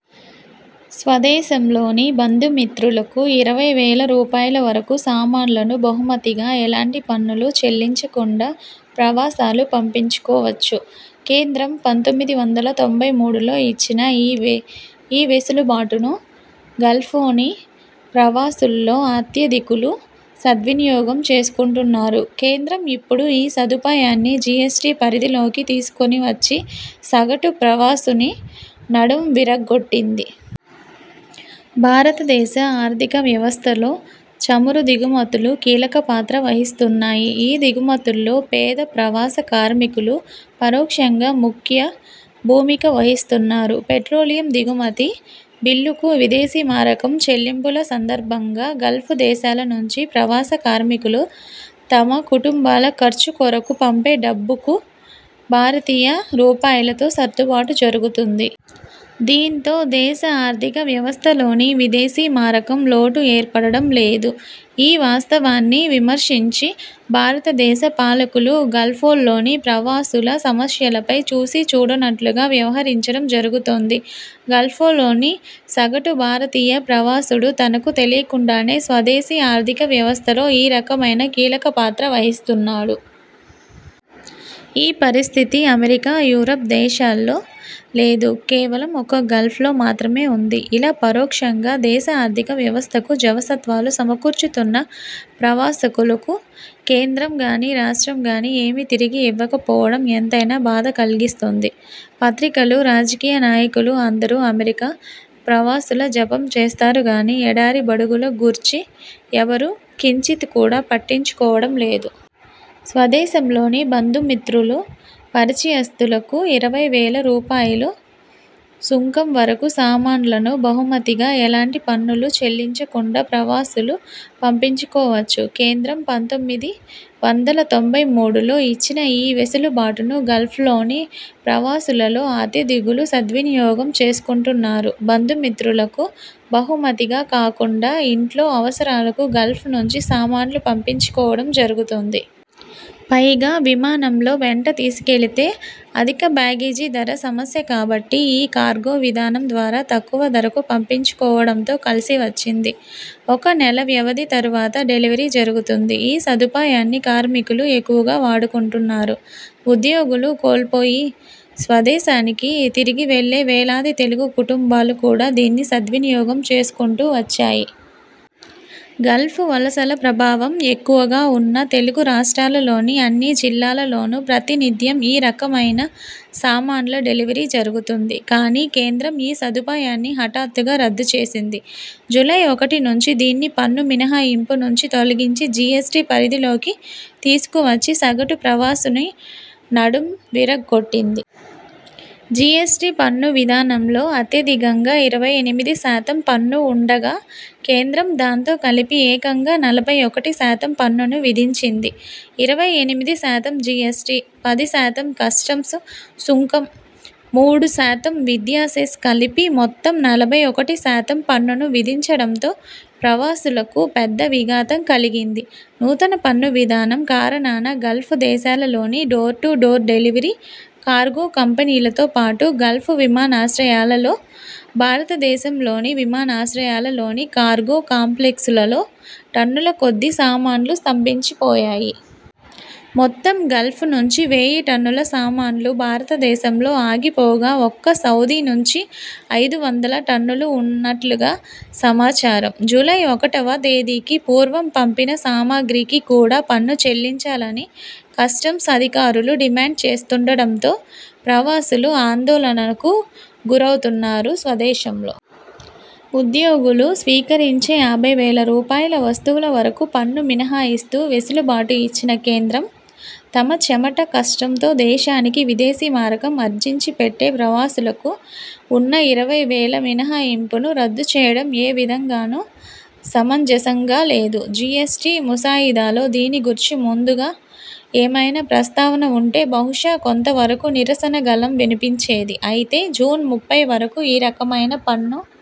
స్వదేశంలోని బంధుమిత్రులకు ఇరవై వేల రూపాయల వరకు సామాన్లను బహుమతిగా ఎలాంటి పన్నులు చెల్లించకుండా ప్రవాసాలు పంపించుకోవచ్చు. కేంద్రం పంతొమ్మిది వందల తొంభై మూడులో ఇచ్చిన ఈ వెసులుబాటును గల్ఫోని ప్రవాసుల్లో అత్యధికులు సద్వినియోగం చేసుకొంటున్నారు కేంద్రం ఇప్పుడు ఈ సదుపాయాన్ని జీఎస్టీ పరిధిలోకి తీసుకొని వచ్చి సగటు ప్రవాసుని నడుం విరగొట్టింది. భారతదేశ ఆర్థిక వ్యవస్థలో చమురు దిగుమతులు కీలకపాత్ర వహిస్తున్నాయి. ఈ దిగుమతుల్లో పేద ప్రవాస కార్మికులు పరోక్షంగా ముఖ్య భూమిక వహిస్తున్నారు. పెట్రోలియం దిగుమతి బిల్లుకు విదేశీమారకం చెల్లింపుల సందర్భంగా గల్ఫ్ దేశాల నుంచి ప్రవాస కార్మికులు తమ కుటుంబాల ఖర్చు కొరకు పంపే డబ్బుకు భారతీయ రూపాయలతో సర్దుబాటు జరుగుతుంది. దీంతో దేశ ఆర్థిక వ్యవస్థలోని విదేశీ మారకం లోటు ఏర్పడడం లేదు. ఈ వాస్త వాన్ని విస్మరించి భారతదేశ పాలకులు గల్ఫ్లోని ప్రవాసుల సమస్యలపై చూసీచూడనట్లుగా వ్యవహరించడం జరుగుతోంది. గల్ఫ్లోని సగటు భారతీయ ప్రవాసుడు తనకు తెలియకుండానే స్వదేశీ ఆర్థికవ్యవస్థలో ఈ రకమైన కీలక పాత్ర వహిస్తున్నాడు. ఈ పరిస్థితి అమెరికా, యూరోప్ దేశాల్లో లేదు, కేవలం ఒక్క గల్ఫ్లో మాత్రమే ఉంది. ఇలా పరోక్షంగా దేశ ఆర్థిక వ్యవస్థకు జవసత్వాలు సమకూర్చుతున్న ప్రవాసుకులకు కేంద్రం గానీ, రాష్ట్రం గానీ ఏమీ తిరిగి ఇవ్వకపోవడం ఎంతైనా బాధ కల్గిస్తోంది. పత్రికలు, రాజకీయ నాయ కులు అందరూ అమెరికా ప్రవాసుల జపం చేస్తారు గానీ ఎడారి బడుగుల గూర్చి ఎవరూ కించిత్ కూడా పట్టించుకోవడం లేదు. స్వదేశంలోని బంధుమిత్రులు, పరిచయస్తులకు ఇరవైవేల రూపాయల సుంకం వరకు సామాన్లను బహుమతిగా ఎలాంటి పన్నులు చెల్లించకుండా ప్రవాసులు పంపించుకోవచ్చు కేంద్రం పంతొమ్మిది వందల తొంభై మూడులో ఇచ్చిన ఈ వెసులుబాటును గల్ఫ్లోని ప్రవాసులలో అత్యధికులు సద్వినియోగం చేసుకొంటున్నారు బంధుమిత్రులకు బహుమతిగా కాకుండా ఇంట్లో అవసరాలకు గల్ఫ్ నుంచి సామాన్లు పంపించుకోవడం జరుగుతోంది. పైగా విమానంలో వెంట తీసుకెళితే అధిక బ్యాగేజీ ధర సమస్య కాబట్టి ఈ కార్గో విధానంద్వారా తక్కువ ధరకు పంపించుకోవడంతో కలిసి వచ్చింది. ఒక నెల వ్యవధి తర్వాత డెలివరీ జరుగుతుంది. ఈ సదుపాయాన్ని కార్మికులు ఎక్కువగా వాడుకుంటున్నారు. ఉద్యోగులు కోల్పోయి స్వదేశానికి తిరిగివెళ్ళే వేలాది తెలుగు కుటుంబాలు కూడా దీన్ని సద్వినియోగం చేసుకుంటూ వచ్చాయి. గల్ఫ్ వలసల ప్రభావం ఎక్కవగా ఉన్న తెలుగు రాష్ట్రాలలోని అన్ని జిల్లాల్లోనూ ప్రతినిత్యం ఈ రకమైన సామాన్ల డెలివరీ జరుగుతుంది. కానీ కేంద్రం ఈ సదుపాయాన్ని హఠాత్తుగా రద్దు చేసింది. జూలై ఒకటి నుంచి దీన్ని పన్ను మినహాయింపు నుంచి తొలగించి జీఎస్టీ పరిధిలోకి తీసుకువచ్చి సగటు ప్రవాసుని నడుం విరగొట్టింది. జీఎస్టీ పన్ను విధానంలో అత్యధికంగా ఇరవై ఎనిమిది శాతం పన్ను ఉండగా కేంద్రం దాంతో కలిపి ఏకంగా నలభై ఒకటి శాతం పన్నును విధించింది ఇరవై ఎనిమిది శాతం జీఎస్టీ, పది శాతం కస్టమ్స్ సుంకం, మూడు శాతం విద్యా సెస్ కలిపి మొత్తం నలభై ఒకటి శాతం పన్నును విధించడంతో ప్రవాసులకు పెద్ద విఘాతం కలిగింది నూతన పన్ను విధానం కారణాన గల్ఫ్ దేశాలలోని door to door delivery cargo కంపెనీలతో పాటు గల్ఫ్ విమానాశ్రయాలలో, భారతదేశంలోని విమానాశ్రయాలలోని కార్గో కాంప్లెక్సులలో టన్నుల కొద్ది సామాన్లు స్తంభించిపోయాయి. మొత్తం గల్ఫ్ నుంచి వేయి టన్నుల సామాన్లు భారతదేశంలో ఆగిపోగా ఒక్క సౌదీ నుంచే ఐదు వందల టన్నులు ఉన్నట్లుగా సమాచారం జూలై ఒకటోవ తేదీకి పూర్వం పంపిన సామాగ్రికి కూడా పన్ను చెల్లించాలని కస్టమ్స్ అధికారులు డిమాండ్ చేస్తుండడంతో ప్రవాసులు ఆందోళనకు గురవుతున్నారు స్వదేశంలో ఉద్యోగులు స్వీకరించే యాభైవేల రూపాయల వస్తువుల వరకు పన్ను మినహాయిస్తూ వెసులుబాటు ఇచ్చిన కేంద్రం, తమ చెమట కష్టంతో దేశానికి విదేశీ మారకం ఆర్జించి పెట్టే ప్రవాసులకు ఉన్న ఇరవైవేల మినహాయింపును రద్దుచేయడం ఏ విధంగానూ సమంజసంగా లేదు జీఎస్టీ ముసాయిదాలో దీనిగూర్చి ముందుగా ఏమైనా ప్రస్తావన ఉంటే బహుశా కొంత వరకు నిరసన గళం వినిపించేది. అయితే జూన్ ముప్పై వరకు ఈ రకమైన పన్ను